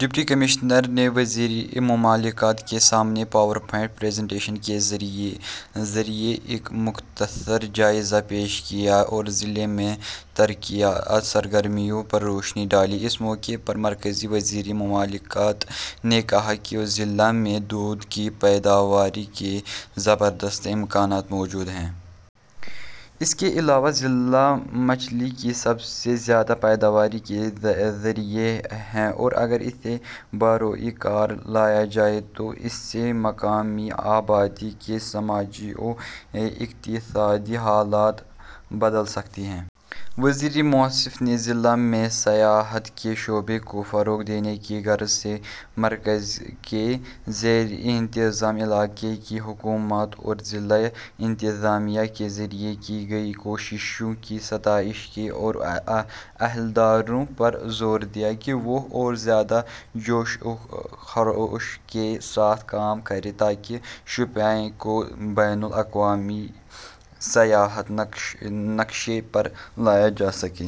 Deputy commissioner نے وزیر مملکت کے سامنے پاور پوائنٹ پریزینٹیشن کے ذریعہ ایک مختصر جائزہ پیش کیا اور ضلع میں ترقیاتی سرگرمیوں پر روشنی ڈالی۔ اس موقع پر مرکزی وزیر مملکت نے کہا کہ ضلع میں دودھ کی پیداوار کے زبردست امکانات موجود ہیں۔ اس کے علاوہ ضلع مچھلی کی سب سے زیادہ پیداوار کا ذریعہ ہے اور اگر اسے بروئے کار لایا جائے تو اس سے مقامی آبادی کے سماجی و اقتصادی حالات بدل سکتے ہیں۔ وزیر موصوف نے ضلع میں سیاحت کے شعبے کو فروغ دینے کی غرض سے مرکز کے زیر انتظام علاقے کی حکومت اور ضلع انتظامیہ کے ذریعہ کی گئی کوششوں کی ستائش کی اور عہدیداروں پر زور دیا کہ وہ اور زیادہ جوش و خروش کے ساتھ کام کریں تاکہ شوپیاں کو بین الاقوامی سیاحتی نقشے پر لایا جا سکے۔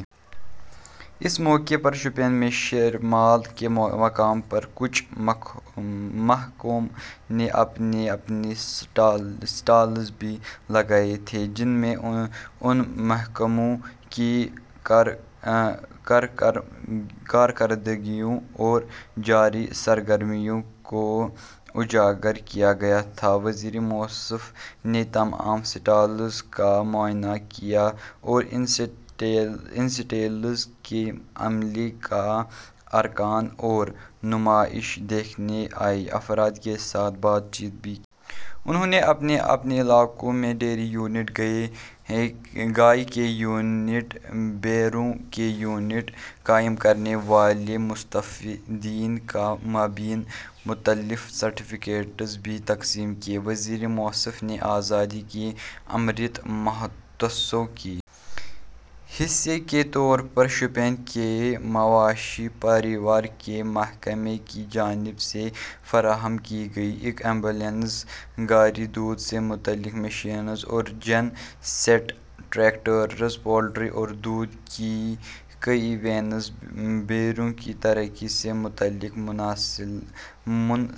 اس موقع پر شوپیاں میں شیرمال کے مقام پر کچھ محکموں نے اپنے اپنے اسٹالز بھی لگائے تھے جن میں ان محکموں کی کارکردگیوں اور جاری سرگرمیوں کو اجاگر کیا گیا تھا۔ وزیر موصوف نے تمام اسٹالز کا معائنہ کیا اور ان اسٹالز کے عملے کے ارکان اور نمائش دیکھنے آئے افراد کے ساتھ بات چیت بھی کی۔ انہوں نے اپنے اپنے علاقوں میں ڈیری یونٹ، گائے کے یونٹ، بھیڑوں کے یونٹ قائم کرنے والے مستفیدین کے مابین مختلف سرٹیفکیٹس بھی تقسیم کیے۔ وزیر موصوف نے آزادی کا امرت مہوتسو کے حصے کے طور پر شوپیاں کے مویشی پروری کے محکمے کی جانب سے فراہم کی گئی ایک ایمبولینس گاڑی، دودھ سے متعلق مشینیں اور جین سیٹ، ٹریکٹرز، پولٹری اور دودھ کی کئی وین، بھیڑوں کی ترقی سے متعلق مربوط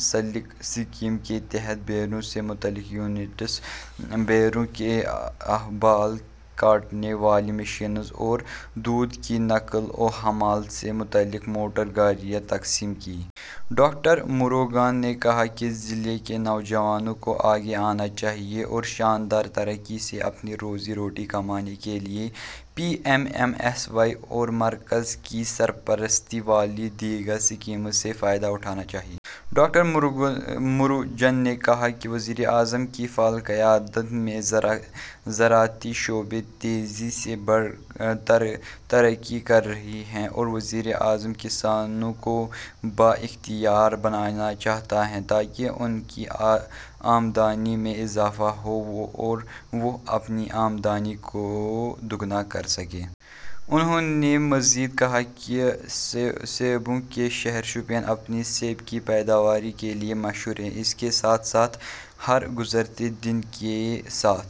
اسکیم کے تحت بھیڑوں سے متعلق یونٹ، بھیڑوں کے بال کاٹنے والی مشینیں اور دودھ کی نقل و حمل سے متعلق موٹر گاڑیاں تقسیم کیں۔ ڈاکٹر موروگن نے کہا کہ ضلع کے نوجوانوں کو آگے آنا چاہیے اور شاندار طریقے سے اپنی روزی روٹی کمانے کے لیے P M M S Y اور مرکز کی سرپرستی والی دیگر اسکیموں سے فائدہ اٹھانا چاہیے۔ ڈاکٹر موروگن نے کہا کہ وزیر اعظم کی فعال قیادت میں زرعی شعبہ تیزی سے ترقی کر رہا ہے اور وزیر اعظم کسانوں کو بااختیار بنانا چاہتے ہیں تاکہ ان کی آمدنی میں اضافہ ہو اور وہ اپنی آمدنی کو دوگنا کرسکیں۔ انہوں نے مزید کہا کہ سیبوں کا شہر شوپیاں، اپنی سیب کی پیداوار کے لیے مشہور ہے، اس کے ساتھ ساتھ ہر گزرتے دن کے ساتھ